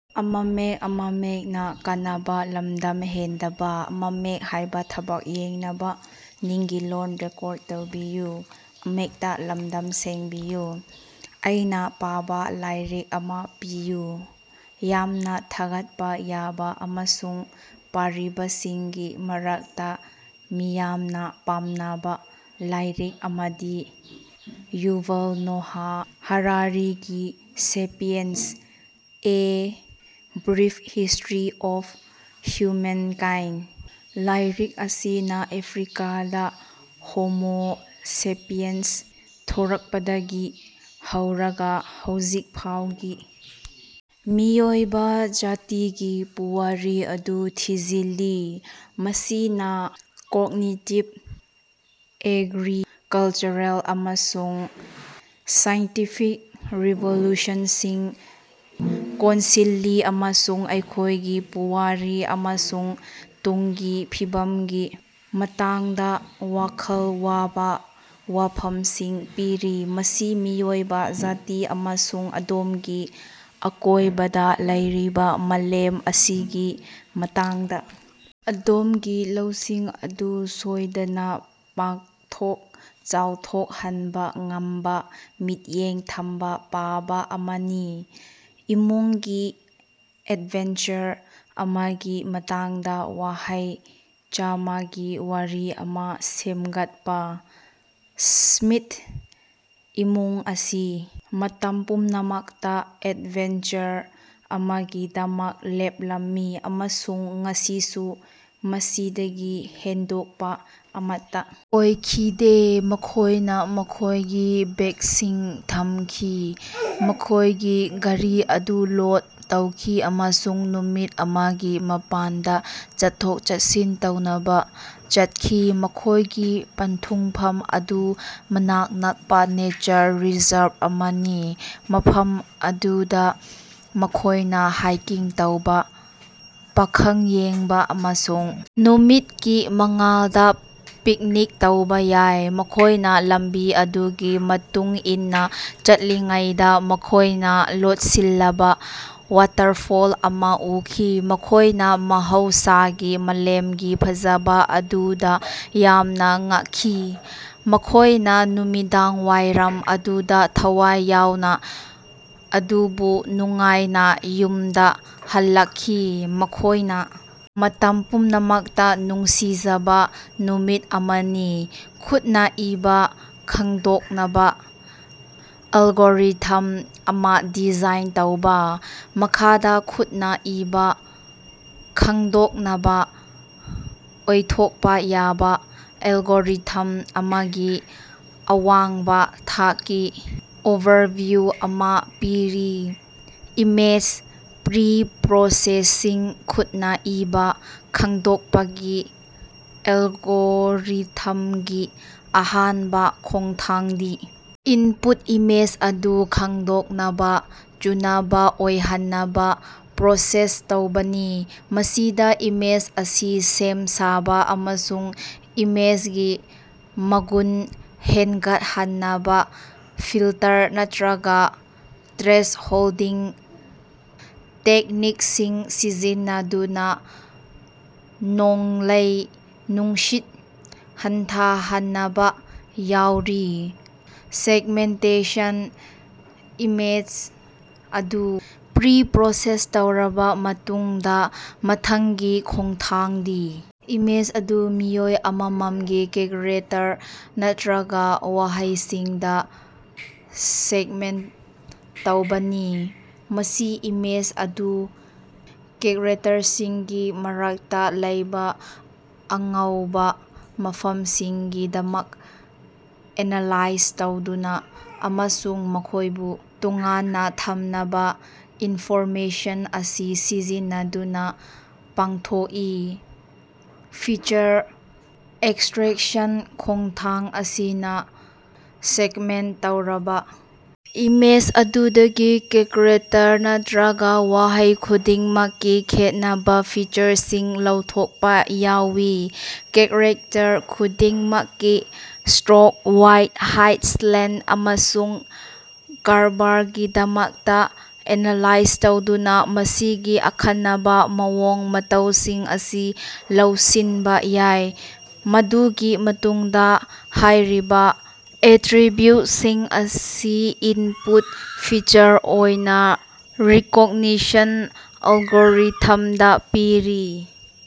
ꯑꯩꯅꯥ ꯄꯥꯕ ꯂꯥꯏꯔꯤꯛ ꯑꯃꯥ ꯄꯤꯌꯨ꯫ ꯌꯥꯝꯅ ꯊꯥꯒꯠꯄꯥ ꯌꯥꯕ ꯑꯃꯁꯨꯡ ꯄꯥꯔꯤꯕꯁꯤꯡꯒꯤ ꯃꯔꯛꯇꯥ ꯃꯤꯌꯥꯝꯅ ꯄꯥꯝꯅꯕ ꯂꯥꯏꯔꯤꯛ ꯑꯃꯗꯤ ꯌꯨꯚꯜ ꯅꯣꯍꯥ ꯍꯔꯥꯔꯤꯒꯤ "Sapiens" a brief history of humankind. ꯂꯥꯏꯔꯤꯛ ꯑꯁꯤꯅꯥ ꯑꯐ꯭ꯔꯤꯀꯥꯗꯥ ꯍꯣꯃꯣ ꯁꯦꯄꯤꯌꯟꯁ ꯊꯣꯔꯛꯄꯗꯒꯤ ꯍꯧꯔꯒ ꯍꯧꯖꯤꯛ ꯐꯥꯎꯒꯤ ꯃꯤꯑꯣꯏꯕ ꯖꯥꯇꯤꯒꯤ ꯄꯨꯋꯥꯔꯤ ꯑꯗꯨ ꯊꯤꯖꯤꯜꯂꯤ꯫ ꯃꯁꯤꯅꯥ ꯀꯣꯒꯅꯤꯇꯤꯕ, ꯑꯦꯒ꯭ꯔꯤꯀꯂꯆꯔꯦꯜ, ꯑꯃꯁꯨꯡ ꯁꯥꯏꯟꯇꯤꯐꯤꯛ ꯔꯤꯚꯣꯂꯨꯁꯟꯁꯤꯡ ꯀꯣꯟꯁꯤꯜꯂꯤ ꯑꯃꯁꯨꯡ ꯑꯩꯈꯣꯏꯒꯤ ꯄꯨꯋꯥꯔꯤ ꯑꯃꯁꯨꯡ ꯇꯨꯡꯒꯤ ꯐꯤꯕꯝꯒꯤ ꯃꯇꯥꯡꯗꯥ ꯋꯥꯈꯜ ꯋꯥꯕ ꯋꯥꯐꯝꯁꯤꯡ ꯄꯤꯔꯤ꯫ ꯃꯁꯤ ꯃꯤꯑꯣꯏꯕ ꯖꯥꯇꯤ ꯑꯃꯁꯨꯡ ꯑꯗꯣꯝꯒꯤ ꯑꯀꯣꯏꯕꯗ ꯂꯩꯔꯤꯕ ꯃꯥꯂꯦꯝ ꯑꯁꯤꯒꯤ ꯃꯇꯥꯡꯗꯥ ꯑꯗꯣꯝꯒꯤ ꯂꯧꯁꯤꯡ ꯑꯗꯨ ꯁꯣꯏꯗꯅ ꯄꯥꯛꯊꯣꯛ ꯆꯥꯎꯊꯣꯛꯍꯟꯕ ꯉꯝꯕ ꯃꯤꯠꯌꯦꯡ ꯊꯝꯕ ꯄꯥꯕ ꯑꯃꯅꯤ꯫ ꯏꯃꯨꯡꯒꯤ ꯑꯦꯗꯚꯦꯟꯆꯔ ꯑꯃꯒꯤ ꯃꯇꯥꯡꯗꯥ ꯋꯥꯍꯩ ꯆꯥꯃꯥꯒꯤ ꯋꯥꯔꯤ ꯑꯃꯥ ꯁꯦꯝꯒꯠꯄꯥ꯫ ꯁ꯭ꯃꯤꯊ ꯏꯃꯨꯡ ꯑꯁꯤ ꯃꯇꯝ ꯄꯨꯝꯅꯃꯛꯇꯥ ꯑꯦꯗꯚꯦꯟꯆꯔ ꯑꯃꯒꯤꯗꯃꯛ ꯂꯦꯞꯂꯝꯃꯤ, ꯑꯃꯁꯨꯡ ꯉꯁꯤꯁꯨ ꯃꯁꯤꯗꯒꯤ ꯍꯦꯟꯗꯣꯛꯄ ꯑꯃꯠꯇꯥ ꯑꯣꯏꯈꯤꯗꯦ꯫ ꯃꯈꯣꯏꯅ ꯃꯈꯣꯏꯒꯤ ꯕꯦꯒꯁꯤꯡ ꯊꯝꯈꯤ, ꯃꯈꯣꯏꯒꯤ ꯒꯥꯔꯤ ꯑꯗꯨ ꯂꯣꯗ ꯇꯧꯈꯤ ꯑꯃꯁꯨꯡ ꯅꯨꯃꯤꯠ ꯑꯃꯒꯤ ꯃꯄꯥꯟꯗꯥ ꯆꯠꯊꯣꯛ-ꯆꯠꯁꯤꯟ ꯇꯧꯅꯕ ꯆꯠꯈꯤ꯫ ꯃꯈꯣꯏꯒꯤ ꯄꯟꯊꯨꯡꯐꯝ ꯑꯗꯨ ꯃꯅꯥꯛ ꯅꯛꯄꯥ ꯅꯦꯆꯔ ꯔꯤꯖꯔꯕ ꯑꯃꯅꯤ, ꯃꯐꯝ ꯑꯗꯨꯗꯥ ꯃꯈꯣꯏꯅ ꯍꯥꯏꯀꯤꯡ ꯇꯧꯕ, ꯄꯥꯈꯪ ꯌꯦꯡꯕ ꯑꯃꯁꯨꯡ ꯅꯨꯃꯤꯠꯀꯤ ꯃꯉꯥꯜꯗ ꯄꯤꯛꯅꯤꯛ ꯇꯧꯕ ꯌꯥꯏ꯫ ꯃꯈꯣꯏꯅ ꯂꯝꯕꯤ ꯑꯗꯨꯒꯤ ꯃꯇꯨꯡ ꯏꯟꯅꯥ ꯆꯠꯂꯤꯉꯩꯗ ꯃꯈꯣꯏꯅ ꯂꯣꯠꯁꯤꯜꯂꯕ ꯋꯥꯇꯔꯐꯣꯜ ꯑꯃꯥ ꯎꯈꯤ, ꯃꯈꯣꯏꯅ ꯃꯍꯧꯁꯥꯒꯤ ꯃꯥꯂꯦꯝꯒꯤ ꯐꯖꯕ ꯑꯗꯨꯗꯥ ꯌꯥꯝꯅ ꯉꯛꯈꯤ꯫ ꯃꯈꯣꯏꯅ ꯅꯨꯃꯤꯗꯥꯡꯋꯥꯏꯔꯝ ꯑꯗꯨꯗꯥ ꯊꯋꯥꯏ ꯌꯥꯎꯅ ꯑꯗꯨꯕꯨ ꯅꯨꯡꯉꯥꯏꯅꯥ ꯌꯨꯝꯗꯥ ꯍꯜꯂꯛꯈꯤ꯫ ꯃꯈꯣꯏꯅ ꯃꯇꯝ ꯄꯨꯝꯅꯃꯛꯇꯥ ꯅꯨꯡꯁꯤꯖꯕ ꯅꯨꯃꯤꯠ ꯑꯃꯅꯤ꯫ ꯈꯨꯠꯅꯥ ꯏꯕꯥ ꯈꯪꯗꯣꯛꯅꯕꯥ ꯑꯦꯂꯒꯣꯔꯤꯊꯝ ꯑꯃꯥ ꯗꯤꯖꯥꯏꯟ ꯇꯧꯕꯥ꯫ ꯃꯈꯥꯗꯥ ꯈꯨꯠꯅꯥ ꯏꯕꯥ ꯈꯪꯗꯣꯛꯅꯕꯥ ꯑꯣꯏꯊꯣꯛꯄ ꯌꯥꯕ ꯑꯦꯂꯒꯣꯔꯤꯊꯝ ꯑꯃꯒꯤ ꯑꯋꯥꯡꯕꯥ ꯊꯥꯛꯀꯤ ꯑꯣꯚꯔꯚꯤꯌꯨ ꯑꯃꯥ ꯄꯤꯔꯤ ꯏꯃꯦꯖ ꯄ꯭ꯔꯤ-ꯄ꯭ꯔꯣꯁꯦꯁꯤꯡ ꯈꯨꯠꯅꯥ ꯏꯕꯥ ꯈꯪꯗꯣꯛꯄꯒꯤ ꯑꯦꯂꯒꯣꯔꯤꯊꯝꯒꯤ ꯑꯍꯥꯟꯕ ꯈꯣꯡꯊꯥꯡꯗꯤ ꯏꯅꯄꯨꯠ ꯏꯃꯦꯖ ꯑꯗꯨ ꯈꯪꯗꯣꯛꯅꯕ ꯆꯨꯅꯕ ꯑꯣꯏꯍꯟꯅꯕ ꯄ꯭ꯔꯣꯁꯦꯁ ꯇꯧꯕꯅꯤ꯫ ꯃꯁꯤꯗꯥ ꯏꯃꯦꯖ ꯑꯁꯤ ꯁꯦꯝ ꯁꯥꯕ ꯑꯃꯁꯨꯡ ꯏꯃꯦꯖꯒꯤ ꯃꯒꯨꯟ ꯍꯦꯟꯒꯠꯍꯟꯅꯕ ꯐꯤꯜꯇꯔ ꯅꯠꯇ꯭ꯔꯒ ꯊ꯭ꯔꯦꯁꯍꯣꯜꯗꯤꯡ ꯇꯦꯛꯅꯤꯛꯁꯤꯡ ꯁꯤꯖꯤꯟꯅꯗꯨꯅꯥ ꯅꯣꯡꯂꯩ-ꯅꯨꯡꯁꯤꯠ ꯍꯟꯊꯍꯟꯅꯕꯥ ꯌꯥꯎꯔꯤ꯫ ꯁꯦꯒꯃꯦꯟꯇꯦꯁꯟ ꯏꯃꯦꯖ ꯑꯗꯨ ꯄ꯭ꯔꯤ-ꯄ꯭ꯔꯣꯁꯦꯁ ꯇꯧꯔꯕꯥ ꯃꯇꯨꯡꯗꯥ ꯃꯊꯪꯒꯤ ꯈꯣꯡꯊꯥꯡꯗꯤ ꯏꯃꯦꯖ ꯑꯗꯨ ꯃꯤꯑꯣꯏ ꯑꯃꯃꯝꯒꯤ ꯀꯦꯛꯔꯦꯇꯔ ꯅꯠꯇ꯭ꯔꯒꯥ ꯋꯥꯍꯩꯁꯤꯡꯗꯥ ꯁꯦꯒꯃꯦꯟꯇ ꯇꯧꯕꯅꯤ꯫ ꯃꯁꯤ ꯏꯃꯦꯖ ꯑꯗꯨ ꯀꯦꯛꯔꯦꯇꯔꯁꯤꯡꯒꯤ ꯃꯔꯛꯇꯥ ꯂꯩꯕ ꯑꯉꯧꯕ ꯃꯐꯝꯁꯤꯡꯒꯤꯗꯃꯛ ꯑꯦꯅꯥꯂꯥꯏꯖ ꯇꯧꯗꯨꯅꯥ ꯑꯃꯁꯨꯡ ꯃꯈꯣꯏꯕꯨ ꯇꯣꯉꯥꯟꯅꯥ ꯊꯝꯅꯕꯥ ꯏꯟꯐꯣꯔꯃꯦꯁꯟ ꯑꯁꯤ ꯁꯤꯖꯤꯟꯅꯗꯨꯅꯥ ꯄꯥꯡꯊꯣꯛꯏ꯫ ꯐꯤꯆꯔ ꯑꯦꯛꯁꯠꯔꯥꯛꯁꯟ ꯈꯣꯡꯊꯥꯡ ꯑꯁꯤꯅꯥ ꯁꯦꯒꯃꯦꯟꯠ ꯇꯧꯔꯕ ꯏꯃꯦꯖ ꯑꯗꯨꯗꯒꯤ ꯀꯦꯛꯔꯦꯇꯔ ꯅꯠꯇ꯭ꯔꯒ ꯋꯥꯍꯩ ꯈꯨꯗꯤꯡꯃꯛꯀꯤ ꯈꯦꯠꯅꯕꯥ ꯐꯤꯆꯔꯁꯤꯡ ꯂꯧꯊꯣꯛꯄꯥ ꯌꯥꯎꯏ꯫ ꯀꯦꯛꯔꯦꯛꯇꯔ ꯈꯨꯗꯤꯡꯃꯛꯀꯤ ꯁ꯭ꯠꯔꯣꯛ ꯋꯥꯏꯗ, ꯍꯥꯏꯠ, ꯁ꯭ꯂꯦꯟꯇ ꯑꯃꯁꯨꯡ ꯀꯔꯕꯥꯔꯒꯤꯗꯃꯛꯇꯥ ꯑꯦꯅꯥꯂꯥꯏꯖ ꯇꯧꯗꯨꯅꯥ ꯃꯁꯤꯒꯤ ꯑꯈꯟꯅꯕ ꯃꯑꯣꯡ ꯃꯇꯧꯁꯤꯡ ꯑꯁꯤ ꯂꯧꯁꯤꯅꯕꯥ ꯌꯥꯏ꯫ ꯃꯗꯨꯒꯤ ꯃꯇꯨꯡꯗꯥ ꯍꯥꯏꯔꯤꯕ ꯑꯦꯠꯔꯤꯕ꯭ꯌꯨꯠꯁꯤꯡ ꯑꯁꯤ ꯏꯟꯄꯨꯠ ꯐꯤꯆꯔ ꯑꯣꯏꯅ ꯔꯤꯀꯣꯒꯅꯤꯁꯟ ꯑꯦꯂꯒꯣꯔꯤꯊꯝꯗꯥ ꯄꯤꯔꯤ꯫